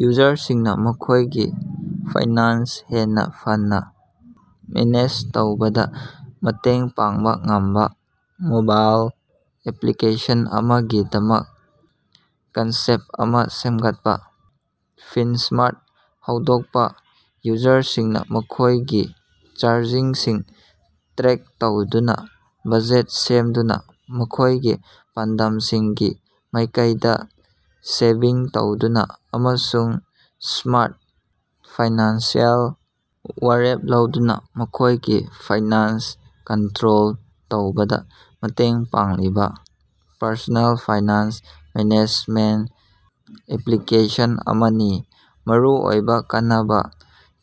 ꯌꯨꯖꯔꯁꯤꯡꯅꯥ ꯃꯈꯣꯏꯒꯤ ꯐꯥꯏꯅꯥꯟꯁ ꯍꯦꯟꯅꯥ ꯐꯅꯥ ꯃꯦꯅꯦꯖ ꯇꯧꯕꯗꯥ ꯃꯇꯦꯡ ꯄꯥꯡꯕꯥ ꯉꯝꯕꯥ ꯃꯣꯕꯥꯏꯜ ꯑꯦꯄ꯭ꯂꯤꯀꯦꯁꯟ ꯑꯃꯒꯤꯗꯃꯛ ꯀꯟꯁꯦꯞꯇ ꯑꯃꯥ ꯁꯦꯃꯒꯠꯄꯥ꯫ "ꯐꯤꯟꯁ꯭ꯃꯥꯔꯠ" ꯍꯧꯗꯣꯀꯄꯥ: ꯌꯨꯖꯔꯁꯤꯡꯅꯥ ꯃꯈꯣꯏꯒꯤ ꯆꯥꯔꯖꯤꯡꯁꯤꯡ ꯇ꯭ꯔꯦꯛ ꯇꯧꯗꯨꯅꯥ, ꯕꯖꯦꯠ ꯁꯦꯝꯗꯨꯅꯥ, ꯃꯈꯣꯢꯒꯤ ꯄꯥꯟꯗꯝꯁꯤꯡꯒꯤ ꯃꯥꯢꯀꯩꯗꯥ ꯁꯦꯚꯤꯡ ꯇꯧꯗꯨꯅꯥ ꯑꯃꯁꯨꯡ ꯁ꯭ꯃꯥꯔꯠ ꯐꯥꯏꯅꯥꯟꯁꯤꯑꯦꯜ ꯋꯥꯔꯦꯞ ꯂꯧꯗꯨꯅꯥ ꯃꯈꯣꯢꯒꯤ ꯐꯥꯏꯅꯥꯟꯁ ꯀꯟꯇ꯭ꯔꯣꯜ ꯇꯧꯕꯗꯥ ꯃꯇꯦꯡ ꯄꯥꯡꯂꯤꯕꯥ ꯄꯔꯁꯣꯅꯦꯜ ꯐꯥꯏꯅꯥꯟꯁ ꯃꯦꯅꯦꯖꯃꯦꯟꯇ ꯑꯦꯄ꯭ꯂꯤꯀꯦꯁꯟ ꯑꯃꯅꯤ꯫ ꯃꯔꯨꯑꯣꯏꯕꯥ ꯀꯥꯟꯅꯕ: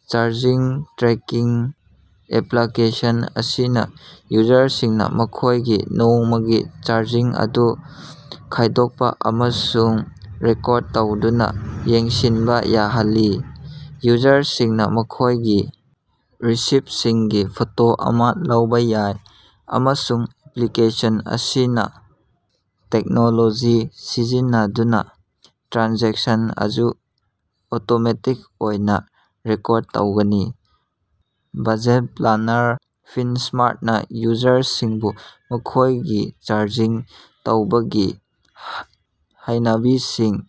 ꯆꯥꯔꯖꯤꯡ ꯇ꯭ꯔꯦꯀꯤꯡ- ꯑꯦꯄ꯭ꯂꯥꯀꯦꯁꯟ ꯑꯁꯤꯅꯥ ꯌꯨꯖꯔꯁꯤꯡꯅꯥ ꯃꯈꯣꯏꯒꯤ ꯅꯣꯡꯃꯒꯤ ꯆꯥꯔꯖꯤꯡ ꯑꯗꯨ ꯈꯥꯢꯗꯣꯛꯄ ꯑꯃꯁꯨꯡ ꯔꯦꯀꯣꯔꯗ ꯇꯧꯗꯨꯅꯥ ꯌꯦꯡꯁꯤꯟꯕꯥ ꯌꯥꯍꯜꯂꯤ꯫ ꯌꯨꯖꯔꯁꯤꯡꯅꯥ ꯃꯈꯣꯢꯒꯤ ꯔꯤꯁꯤꯞꯁꯤꯡꯒꯤ ꯐꯣꯇꯣ ꯑꯃꯥ ꯂꯧꯕꯥ ꯌꯥꯏ, ꯑꯃꯁꯨꯡ ꯑꯦꯄ꯭ꯂꯤꯀꯦꯁꯟ ꯑꯁꯤꯅꯥ ꯇꯦꯛꯅꯣꯂꯣꯖꯤ ꯁꯤꯖꯤꯟꯅꯗꯨꯅꯥ ꯇ꯭ꯔꯥꯟꯖꯦꯛꯁꯟ ꯑꯗꯨ ꯑꯣꯇꯣꯃꯦꯇꯤꯛ ꯑꯣꯏꯅꯥ ꯔꯦꯀꯣꯔꯗ ꯇꯧꯒꯅꯤ꯫ ꯕꯖꯦꯠ ꯄ꯭ꯂꯥꯅꯔ- ꯐꯤꯟꯁ꯭ꯃꯥꯔꯇꯅꯥ ꯌꯨꯖꯔꯁꯤꯡꯕꯨ ꯃꯈꯣꯢꯒꯤ ꯆꯥꯔꯖꯤꯡ ꯇꯧꯕꯒꯤ ꯍꯩꯅꯕꯤꯁꯤꯡ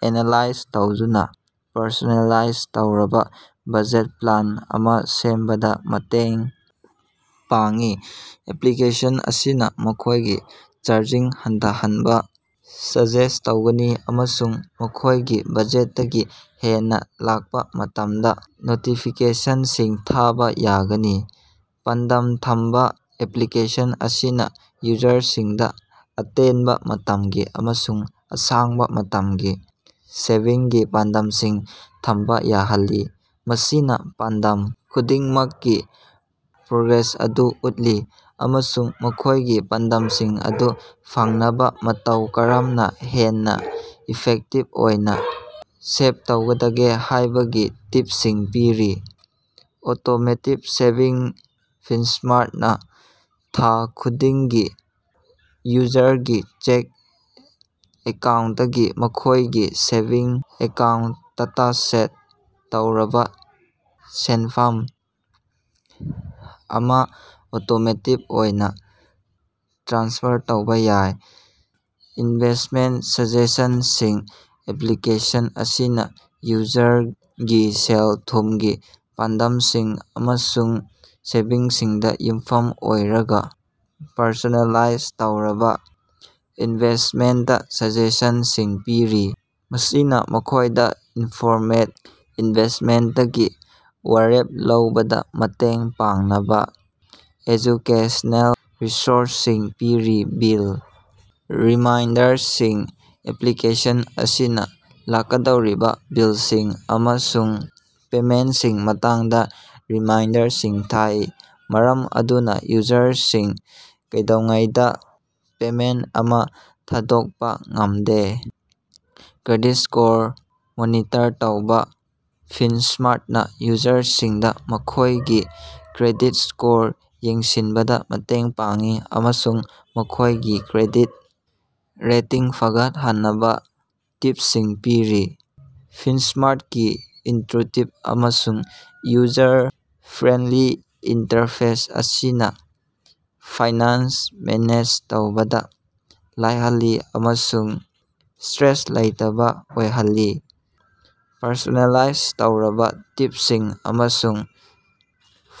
ꯑꯦꯅꯥꯂꯥꯏꯖ ꯇꯧꯗꯨꯅꯥ ꯄꯔꯁꯣꯅꯦꯂꯥꯏꯖ ꯇꯧꯔꯕꯥ ꯕꯖꯦꯠ ꯄ꯭ꯂꯥꯟ ꯑꯃꯥ ꯁꯦꯝꯕꯗꯥ ꯃꯇꯦꯡ ꯄꯥꯡꯏ꯫ ꯑꯦꯄ꯭ꯂꯤꯀꯦꯁꯟ ꯑꯁꯤꯅꯥ ꯃꯈꯣꯢꯒꯤ ꯆꯥꯔꯖꯤꯡ ꯍꯟꯊꯍꯟꯕꯥ ꯁꯖꯦꯁ꯭ꯠ ꯇꯧꯒꯅꯤ ꯑꯃꯁꯨꯡ ꯃꯈꯣꯢꯒꯤ ꯕꯖꯦꯠꯇꯒꯤ ꯍꯦꯟꯅꯥ ꯂꯥꯛꯄꯥ ꯃꯇꯝꯗꯥ ꯅꯣꯇꯤꯐꯤꯀꯦꯁꯟꯁꯤꯡ ꯊꯥꯕꯥ ꯌꯥꯒꯅꯤ꯫ ꯄꯥꯟꯗꯝ ꯊꯝꯕꯥ- ꯑꯦꯄ꯭ꯂꯤꯀꯦꯁꯟ ꯑꯁꯤꯅꯥ ꯌꯨꯖꯔꯁꯤꯡꯗꯥ ꯑꯇꯦꯟꯕꯥ ꯃꯇꯝꯒꯤ ꯑꯃꯁꯨꯡ ꯑꯁꯥꯡꯕꯥ ꯃꯇꯝꯒꯤ ꯁꯦꯚꯤꯡꯒꯤ ꯄꯥꯟꯗꯝꯁꯤꯡ ꯊꯝꯕꯥ ꯌꯥꯍꯜꯂꯤ꯫ ꯃꯁꯤꯅꯥ ꯄꯥꯟꯗꯝ ꯈꯨꯗꯤꯡꯃꯛꯀꯤ ꯄ꯭ꯔꯣꯒ꯭ꯔꯦꯁ ꯑꯗꯨ ꯎꯠꯂꯤ ꯑꯃꯁꯨꯡ ꯃꯈꯣꯢꯒꯤ ꯄꯥꯟꯗꯝꯁꯤꯡ ꯑꯗꯨ ꯐꯪꯅꯕꯥ ꯃꯇꯧ ꯀꯔꯝꯅꯥ ꯍꯦꯟꯅꯥ ꯏꯐꯦꯛꯇꯤꯚ ꯑꯣꯏꯅꯥ ꯁꯦꯚ ꯇꯧꯒꯗꯒꯦ ꯍꯥꯢꯕꯒꯤ ꯇꯤꯞꯁꯤꯡ ꯄꯤꯔꯤ꯫ ꯑꯣꯇꯣꯃꯦꯇꯦꯗ ꯁꯦꯚꯤꯡꯁ- ꯐꯤꯟꯁ꯭ꯃꯥꯔꯇꯅꯥ ꯊꯥ ꯈꯨꯗꯤꯡꯒꯤ ꯌꯨꯖꯔꯒꯤ ꯆꯦꯛ ꯑꯦꯀꯥꯎꯟꯇꯇꯒꯤ ꯃꯈꯣꯢꯒꯤ ꯁꯦꯚꯤꯡꯁ ꯑꯦꯀꯥꯎꯟꯇꯇꯥ ꯁꯦꯠ ꯇꯧꯔꯕꯥ ꯁꯦꯟꯐꯝ ꯑꯃꯥ ꯑꯣꯇꯣꯃꯦꯇꯦꯗ ꯑꯣꯏꯅꯥ ꯇ꯭ꯔꯥꯟꯁꯐꯔ ꯇꯧꯕꯥ ꯌꯥꯏ꯫ ꯏꯟꯚꯦꯁ꯭ꯇꯃꯦꯟꯇ ꯁꯖꯦꯁꯟꯁꯤꯡ- ꯑꯦꯄ꯭ꯂꯤꯀꯦꯁꯟ ꯑꯁꯤꯅꯥ ꯌꯨꯖꯔꯒꯤꯁꯦꯜ-ꯊꯨꯝꯒꯤ ꯄꯥꯟꯗꯝꯁꯤꯡ ꯑꯃꯁꯨꯡ ꯁꯦꯚꯤꯡꯁꯤꯡꯗꯥ ꯌꯨꯝꯐꯨꯝ ꯑꯣꯏꯔꯒꯥ ꯄꯔꯁꯣꯅꯦꯂꯥꯢꯖ ꯇꯧꯔꯕꯥ ꯏꯟꯚꯦꯁ꯭ꯇꯃꯦꯟꯇ ꯁꯖꯦꯁꯟꯁꯤꯡ ꯄꯤꯔꯤ꯫ ꯃꯁꯤꯅꯥ ꯃꯈꯣꯢꯗꯥ ꯏꯟꯐꯣꯔꯃꯦꯗ ꯏꯟꯚꯦꯁ꯭ꯇꯃꯦꯟꯇꯀꯤ ꯋꯥꯔꯦꯞ ꯂꯧꯕꯗꯥ ꯃꯇꯦꯡ ꯄꯥꯡꯅꯕꯥ ꯑꯦꯖꯨꯀꯦꯁꯅꯦꯜ ꯔꯤꯁꯣꯔꯁꯁꯤꯡꯁꯨ ꯄꯤꯔꯤ꯫ ꯕꯤꯜ ꯔꯤꯃꯥꯏꯟꯗꯔꯁꯤꯡ- ꯑꯦꯄ꯭ꯂꯤꯀꯦꯁꯟ ꯑꯁꯤꯅꯥ ꯂꯥꯛꯀꯗꯧꯔꯤꯕꯥ ꯕꯤꯜꯁꯤꯡ ꯑꯃꯁꯨꯡ ꯄꯦꯃꯦꯟꯇꯁꯤꯡꯒꯤ ꯃꯇꯥꯡꯗꯥ ꯔꯤꯃꯥꯏꯟꯗꯔꯁꯤꯡ ꯊꯥꯏ, ꯃꯔꯝ ꯑꯗꯨꯅꯥ ꯌꯨꯖꯔꯁꯤꯡꯅꯥ ꯀꯩꯗꯧꯉꯩꯗꯥ ꯄꯦꯃꯦꯟꯇ ꯑꯃꯥ ꯊꯥꯗꯣꯛꯄꯥ ꯉꯝꯗꯦ꯫ ꯀ꯭ꯔꯦꯗꯤꯠ ꯁ꯭ꯀꯣꯔ ꯃꯣꯅꯤꯇꯔ ꯇꯧꯕꯥ- ꯐꯤꯟꯁ꯭ꯃꯥꯔꯇꯅꯥ ꯌꯨꯖꯔꯁꯤꯡꯗꯥ ꯃꯈꯣꯢꯒꯤ ꯀ꯭ꯔꯦꯗꯤꯠ ꯁ꯭ꯀꯣꯔ ꯌꯦꯡꯁꯤꯟꯕꯗꯥ ꯃꯇꯦꯡ ꯄꯥꯡꯏ ꯑꯃꯁꯨꯡ ꯃꯈꯣꯢꯒꯤ ꯀ꯭ꯔꯦꯗꯤꯠ ꯔꯦꯇꯤꯡ ꯐꯒꯠꯍꯟꯅꯕꯥ ꯇꯤꯞꯁꯤꯡ ꯄꯤꯔꯤ꯫ ꯐꯤꯟꯁ꯭ꯃꯥꯔꯇꯀꯤ ꯏꯟꯇ꯭ꯌꯨꯇꯤꯕ ꯑꯃꯁꯨꯡ ꯌꯨꯖꯔ ꯐ꯭ꯔꯦꯟꯗꯂꯤ ꯏꯟꯇꯔꯐꯦꯁ ꯑꯁꯤꯅꯥ ꯐꯥꯏꯅꯥꯟꯁ ꯃꯦꯅꯦꯖ ꯇꯧꯕꯗꯥ ꯂꯥꯏꯍꯜꯂꯤ ꯑꯃꯁꯨꯡ ꯁꯇ꯭ꯔꯦꯁ ꯂꯩꯇꯕꯥ ꯑꯣꯏꯍꯜꯂꯤ꯫ ꯄꯔꯁꯣꯅꯦꯂꯥꯏꯖ ꯇꯧꯔꯕꯥ ꯇꯤꯞꯁꯤꯡ ꯑꯃꯁꯨꯡ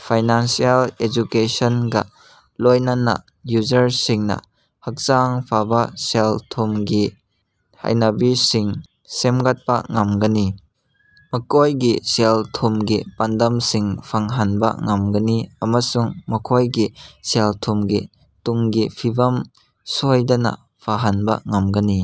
ꯐꯥꯏꯅꯥꯟꯁꯤꯑꯦꯜ ꯑꯦꯖꯨꯀꯦꯁꯟꯒꯥ ꯂꯣꯢꯅꯅꯥ ꯌꯨꯖꯔꯁꯤꯡꯅꯥ ꯍꯛꯆꯥꯡ ꯐꯕꯥ ꯁꯦꯜ-ꯊꯨꯝꯒꯤ ꯍꯩꯅꯕꯤꯁꯤꯡ ꯁꯦꯝꯒꯠꯄꯥ ꯉꯝꯒꯅꯤ, ꯃꯈꯣꯢꯒꯤ ꯁꯦꯜ-ꯊꯨꯝꯒꯤ ꯄꯥꯟꯗꯝꯁꯤꯡ ꯐꯪꯍꯟꯕꯥ ꯉꯝꯒꯅꯤ ꯑꯃꯁꯨꯡ ꯃꯈꯣꯢꯒꯤ ꯁꯦꯜ-ꯊꯨꯝꯒꯤ ꯇꯨꯡꯒꯤ ꯐꯤꯕꯝ ꯁꯣꯢꯗꯅꯥ ꯐꯍꯟꯕ ꯉꯝꯒꯅꯤ꯫